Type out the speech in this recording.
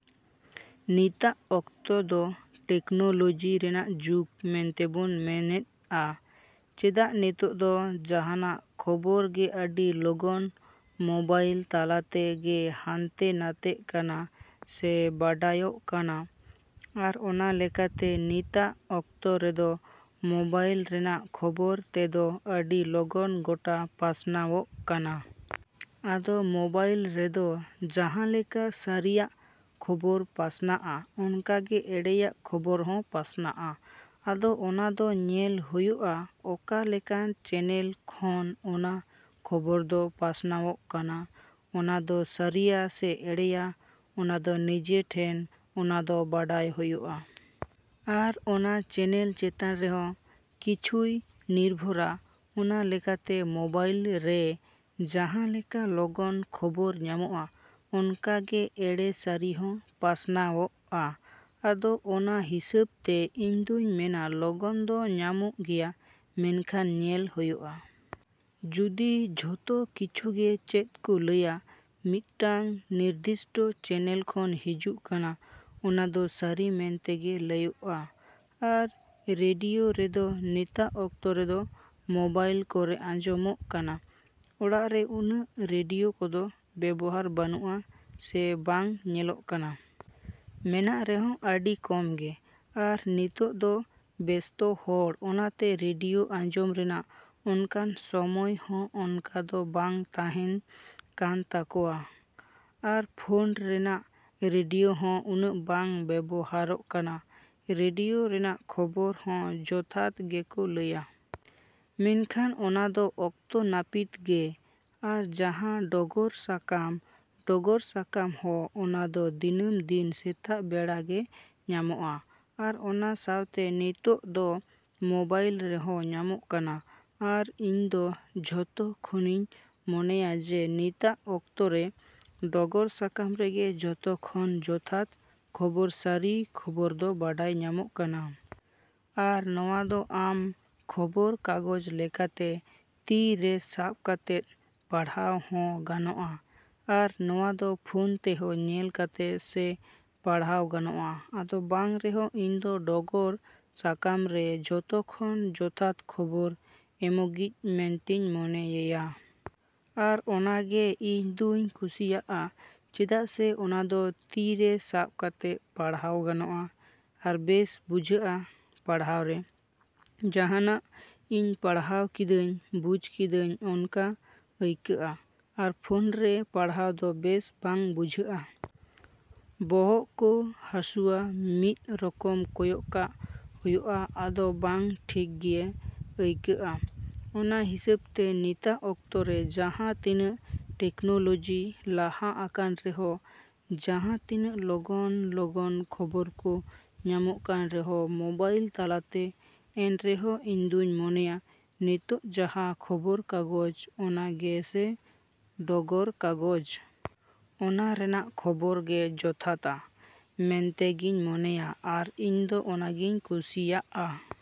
ᱱᱤᱛᱟᱜ ᱚᱠᱛᱚ ᱫᱚ ᱴᱮᱠᱱᱳᱞᱳᱡᱤ ᱨᱮᱱᱟᱜ ᱡᱩᱜᱽ ᱢᱮᱱᱛᱮᱵᱚᱱ ᱢᱮᱱᱮᱫᱼᱟ᱾ ᱪᱮᱫᱟᱜ ᱱᱤᱛᱚᱜ ᱫᱚ ᱡᱟᱦᱟᱸᱱᱟᱜ ᱠᱷᱚᱵᱚᱨ ᱜᱮ ᱟᱹᱰᱤ ᱞᱚᱜᱚᱱ ᱢᱳᱵᱟᱭᱤᱞ ᱛᱟᱞᱟᱛᱮ ᱜᱮ ᱦᱟᱱᱛᱮ ᱱᱟᱛᱮᱜ ᱠᱟᱱᱟ ᱥᱮ ᱵᱟᱰᱟᱭᱚᱜ ᱠᱟᱱᱟ᱾ ᱟᱨ ᱚᱱᱟ ᱞᱮᱠᱟᱛᱮ ᱱᱤᱛᱟᱜ ᱚᱠᱛᱚ ᱨᱮᱫᱚ ᱢᱳᱵᱟᱭᱤᱞ ᱨᱮᱱᱟᱜ ᱠᱷᱚᱵᱚᱨ ᱛᱮᱫᱚ ᱟᱹᱰᱤ ᱞᱚᱜᱚᱱ ᱜᱚᱴᱟ ᱯᱟᱥᱱᱟᱣᱚᱜ ᱠᱟᱱᱟ᱾ ᱟᱫᱚ ᱢᱳᱵᱟᱭᱤᱞ ᱨᱮᱫᱚ, ᱡᱟᱦᱟᱸᱞᱮᱠᱟ ᱥᱟᱹᱨᱤᱭᱟᱜ ᱠᱷᱚᱵᱚᱨ ᱯᱟᱥᱱᱟᱜᱼᱟ, ᱚᱱᱠᱟᱜᱮ ᱮᱲᱮᱭᱟᱜ ᱠᱷᱚᱵᱚᱨ ᱦᱚᱸ ᱯᱟᱥᱱᱟᱜᱼᱟ᱾ ᱟᱫᱚ ᱚᱱᱟ ᱫᱚ ᱧᱮᱞ ᱦᱳᱭᱳᱜᱼᱟ, ᱚᱠᱟ ᱞᱮᱠᱟᱱ ᱪᱮᱱᱮᱞ ᱠᱷᱚᱱ ᱚᱱᱟ ᱠᱷᱚᱵᱚᱨ ᱫᱚ ᱯᱟᱥᱱᱟᱣᱚᱜ ᱠᱟᱱᱟ᱾ ᱚᱱᱟᱫᱚ ᱥᱟᱹᱨᱤᱭᱟ ᱥᱮ ᱮᱲᱮᱭᱟ, ᱚᱱᱟᱫᱚ ᱱᱤᱡᱮ ᱴᱷᱮᱱ ᱚᱱᱟᱫᱚ ᱵᱟᱰᱟᱭ ᱦᱳᱭᱳᱜᱼᱟ᱾ ᱟᱨ ᱚᱱᱟ ᱪᱮᱱᱮᱞ ᱪᱮᱛᱟᱱ ᱨᱮᱦᱚᱸ ᱠᱤᱪᱷᱩᱭ ᱱᱤᱨᱵᱷᱚᱨᱟ᱾ ᱚᱱᱟ ᱞᱮᱠᱟᱛᱮ ᱢᱳᱵᱟᱭᱤᱞ ᱨᱮ ᱡᱟᱦᱟᱸᱞᱮᱠᱟ ᱞᱚᱜᱚᱱ ᱠᱷᱚᱵᱚᱨ ᱧᱟᱢᱚᱜᱼᱟ, ᱚᱱᱠᱟ ᱜᱮ ᱮᱲᱮ ᱥᱟᱹᱨᱤ ᱦᱚᱸ ᱯᱟᱥᱱᱟᱣᱚᱜᱼᱟ᱾ ᱟᱫᱚ ᱚᱱᱟ ᱦᱤᱥᱟᱹᱵ ᱛᱮ ᱤᱧᱫᱩᱧ ᱢᱮᱱᱟ ᱞᱚᱜᱚᱱ ᱫᱚ ᱧᱟᱢᱚᱜ ᱜᱮᱭᱟ ᱢᱮᱱᱠᱷᱟᱱ ᱧᱮᱞ ᱦᱳᱭᱳᱜᱼᱟ᱾ ᱡᱩᱫᱤ ᱡᱷᱚᱛᱚ ᱠᱤᱪᱷᱩᱜᱮ ᱪᱮᱫ ᱠᱚ ᱞᱟᱹᱭᱟ ᱢᱤᱫᱴᱟᱝ ᱱᱤᱨᱫᱤᱥᱴᱚ ᱪᱮᱱᱮᱞ ᱠᱷᱚᱱ ᱦᱤᱡᱩᱜ ᱠᱟᱱᱟ, ᱚᱱᱟ ᱫᱚ ᱥᱟᱹᱨᱤ ᱢᱮᱱ ᱛᱮᱜᱮ ᱞᱟᱹᱭᱚᱜᱼᱟ᱾ ᱟᱨ ᱨᱮᱰᱤᱭᱳ ᱨᱮᱫᱚ ᱱᱤᱛᱟᱜ ᱚᱠᱛᱚ ᱨᱮᱫᱚ ᱢᱳᱵᱟᱭᱤᱞ ᱠᱚᱨᱮ ᱟᱸᱡᱚᱢᱚᱜ ᱠᱟᱱᱟ᱾ ᱚᱲᱟᱜ ᱨᱮ ᱩᱱᱟᱹᱜ ᱨᱮᱰᱤᱭᱳ ᱠᱚᱫᱚ ᱵᱮᱵᱚᱦᱟᱨ ᱵᱟᱹᱱᱩᱜᱼᱟ, ᱥᱮ ᱵᱟᱝ ᱧᱮᱞᱚᱜ ᱠᱟᱱᱟ᱾ ᱢᱮᱱᱟᱜ ᱨᱮᱦᱚᱸ ᱟᱹᱰᱤ ᱠᱚᱢ ᱜᱮ᱾ ᱟᱨ ᱱᱤᱛᱳᱜ ᱫᱚ ᱵᱮᱥᱛᱚ ᱦᱚᱲ ᱚᱱᱟᱛᱮ ᱨᱮᱰᱤᱭᱳ ᱟᱸᱡᱚᱢ ᱨᱮᱱᱟᱜ ᱚᱱᱠᱟᱱ ᱥᱚᱢᱚᱭ ᱦᱚᱸ ᱚᱱᱠᱟ ᱫᱚ ᱵᱟᱝ ᱛᱟᱦᱮᱸᱱ ᱠᱟᱱ ᱛᱟᱠᱚᱣᱟ᱾ ᱟᱨ ᱯᱷᱳᱱ ᱨᱮᱱᱟᱜ ᱨᱮᱰᱤᱭᱳ ᱦᱚᱸ ᱩᱱᱟᱹᱜ ᱵᱟᱝ ᱵᱮᱵᱚᱦᱟᱨᱚᱜ ᱠᱟᱱᱟ᱾ ᱨᱮᱰᱤᱭᱳ ᱨᱮᱱᱟᱜ ᱠᱷᱚᱵᱚᱨ ᱦᱚᱸ ᱡᱚᱛᱷᱟᱛ ᱜᱮᱠᱚ ᱞᱟᱹᱭᱟ᱾ ᱢᱮᱱᱠᱷᱟᱱ ᱚᱱᱟ ᱫᱚ ᱚᱠᱛᱚ ᱱᱟᱹᱯᱤᱛ ᱜᱮ᱾ ᱟᱨ ᱡᱟᱦᱟᱸ ᱰᱚᱜᱚᱨ ᱥᱟᱠᱟᱢ, ᱰᱚᱜᱚᱨ ᱥᱟᱠᱟᱢ ᱦᱚᱸ ᱚᱱᱟᱫᱚ ᱫᱤᱱᱟᱹᱢ ᱫᱤᱱ ᱥᱮᱛᱟᱜ ᱵᱮᱲᱟ ᱜᱮ ᱧᱟᱢᱚᱜᱼᱟ᱾ ᱟᱨ ᱚᱱᱟ ᱥᱟᱶᱛᱮ ᱱᱤᱛᱳᱜ ᱫᱚ ᱢᱳᱵᱟᱭᱤᱞ ᱨᱮᱦᱚᱸ ᱧᱟᱢᱚᱜ ᱠᱟᱱᱟ᱾ ᱟᱨ ᱤᱧ ᱫᱚ ᱡᱷᱚᱛᱚ ᱠᱷᱚᱱᱤᱧ ᱢᱚᱱᱮᱭᱟ ᱡᱮ ᱱᱤᱛᱟᱜ ᱚᱠᱛᱚ ᱨᱮ ᱰᱚᱜᱚᱨ ᱥᱟᱠᱟᱢ ᱨᱮᱜᱮ ᱡᱷᱚᱛᱚ ᱠᱷᱚᱱ ᱡᱚᱛᱷᱟᱛ ᱠᱷᱚᱵᱚᱨ ᱥᱟᱹᱨᱤ ᱠᱷᱚᱵᱚᱨ ᱫᱚ ᱵᱟᱰᱟᱭ ᱧᱟᱢᱚᱜ ᱠᱟᱱᱟ᱾ ᱟᱨ ᱱᱚᱣᱟ ᱫᱚ ᱟᱢ ᱠᱷᱚᱵᱚᱨ ᱠᱟᱜᱚᱡ ᱞᱮᱠᱟᱛᱮ ᱛᱤ ᱨᱮ ᱥᱟᱵ ᱠᱟᱛᱮᱫ ᱯᱟᱲᱦᱟᱣ ᱦᱚᱸ ᱜᱟᱱᱚᱜᱼᱟ᱾ ᱟᱨ ᱱᱚᱣᱟ ᱫᱚ ᱯᱷᱳᱱ ᱛᱮᱦᱚᱸ ᱧᱮᱞ ᱠᱟᱛᱮ ᱥᱮ ᱯᱟᱲᱦᱟᱣ ᱜᱟᱱᱚᱜᱼᱟ᱾ ᱟᱫᱚ ᱵᱟᱝ ᱨᱮᱦᱚᱸ ᱤᱧ ᱫᱚ ᱰᱚᱜᱚᱨ ᱥᱟᱠᱟᱢ ᱜᱮ ᱡᱷᱚᱛᱚ ᱠᱷᱚᱱ ᱡᱚᱛᱷᱟᱛ ᱠᱷᱚᱵᱚᱨ ᱮᱢᱚᱜᱤᱡ ᱢᱮᱱᱛᱤᱧ ᱢᱚᱱᱮᱭᱮᱭᱟ᱾ ᱟᱨ ᱚᱱᱟ ᱜᱮ ᱤᱧ ᱫᱩᱧ ᱠᱩᱥᱤᱭᱟᱜᱼᱟ᱾ ᱪᱮᱫᱟᱜ ᱥᱮ ᱚᱱᱟ ᱫᱚ ᱛᱤ ᱨᱮ ᱥᱟᱵ ᱠᱟᱛᱮ ᱯᱟᱲᱦᱟᱣ ᱜᱟᱱᱚᱜᱼᱟ᱾ ᱟᱨ ᱵᱮᱥ ᱵᱩᱡᱷᱟᱹᱜᱼᱟ ᱯᱟᱲᱦᱟᱣ ᱨᱮ᱾ ᱡᱟᱦᱟᱸᱱᱟᱜ ᱤᱧ ᱯᱟᱲᱦᱟᱣ ᱠᱤᱫᱟᱹᱧ, ᱵᱩᱡ ᱠᱤᱫᱟᱹᱧ ᱚᱱᱠᱟ ᱟᱹᱭᱠᱟᱹᱜᱼᱟ᱾ ᱟᱨ ᱯᱷᱳᱱ ᱨᱮ ᱯᱟᱲᱦᱟᱣ ᱫᱚ ᱵᱮᱥ ᱵᱟᱝ ᱵᱩᱡᱷᱟᱹᱜᱼᱟ᱾ ᱵᱚᱦᱚᱜ ᱠᱚ ᱦᱟᱹᱥᱩᱣᱟ, ᱢᱤᱫ ᱨᱚᱠᱚᱢ ᱠᱚᱭᱚᱜ ᱠᱟᱜ ᱦᱳᱭᱳᱜᱼᱟ᱾ ᱟᱫᱚ ᱵᱟᱝ ᱴᱷᱤᱠ ᱜᱮ ᱟᱹᱭ ᱠᱟᱹᱜᱼᱟ᱾ ᱚᱱᱟ ᱦᱤᱸᱥᱟᱹᱵ ᱛᱮ ᱱᱤᱛᱟᱜ ᱚᱠᱛᱚ ᱨᱮ ᱡᱟᱦᱟᱸ ᱛᱤᱱᱟᱹᱜ ᱴᱮᱠᱱᱳᱞᱳᱡᱤ ᱞᱟᱦᱟ ᱟᱠᱟᱱ ᱨᱮᱦᱚᱸ ᱡᱟᱦᱟᱸᱛᱤᱱᱟᱹᱜ ᱞᱚᱜᱚᱱ-ᱞᱚᱜᱚᱱ ᱠᱷᱚᱵᱚᱨ ᱠᱚ ᱧᱟᱢᱚᱜ ᱠᱟᱱ ᱨᱮᱦᱚᱸ ᱢᱳᱵᱟᱭᱤᱞ ᱛᱟᱞᱟᱛᱮ ᱮᱱᱨᱮᱦᱚᱸ ᱤᱧᱫᱩᱧ ᱢᱚᱱᱮᱭᱟ, ᱱᱤᱛᱳᱜ ᱡᱟᱦᱟᱸ ᱠᱷᱚᱵᱚᱨ ᱠᱟᱜᱚᱡ, ᱚᱱᱟᱜᱮᱥᱮ ᱰᱚᱜᱚᱨ ᱠᱟᱜᱚᱡ᱾ ᱚᱱᱟ ᱨᱮᱱᱟᱜ ᱠᱷᱚᱵᱚᱨ ᱜᱮ ᱡᱚᱛᱷᱟᱛᱟ ᱢᱮᱱᱛᱮᱜᱤᱧ ᱢᱚᱱᱮᱭᱟ ᱟᱨ ᱤᱧ ᱫᱚ ᱚᱱᱟᱜᱤᱧ ᱠᱩᱥᱤᱭᱟᱜᱼᱟ।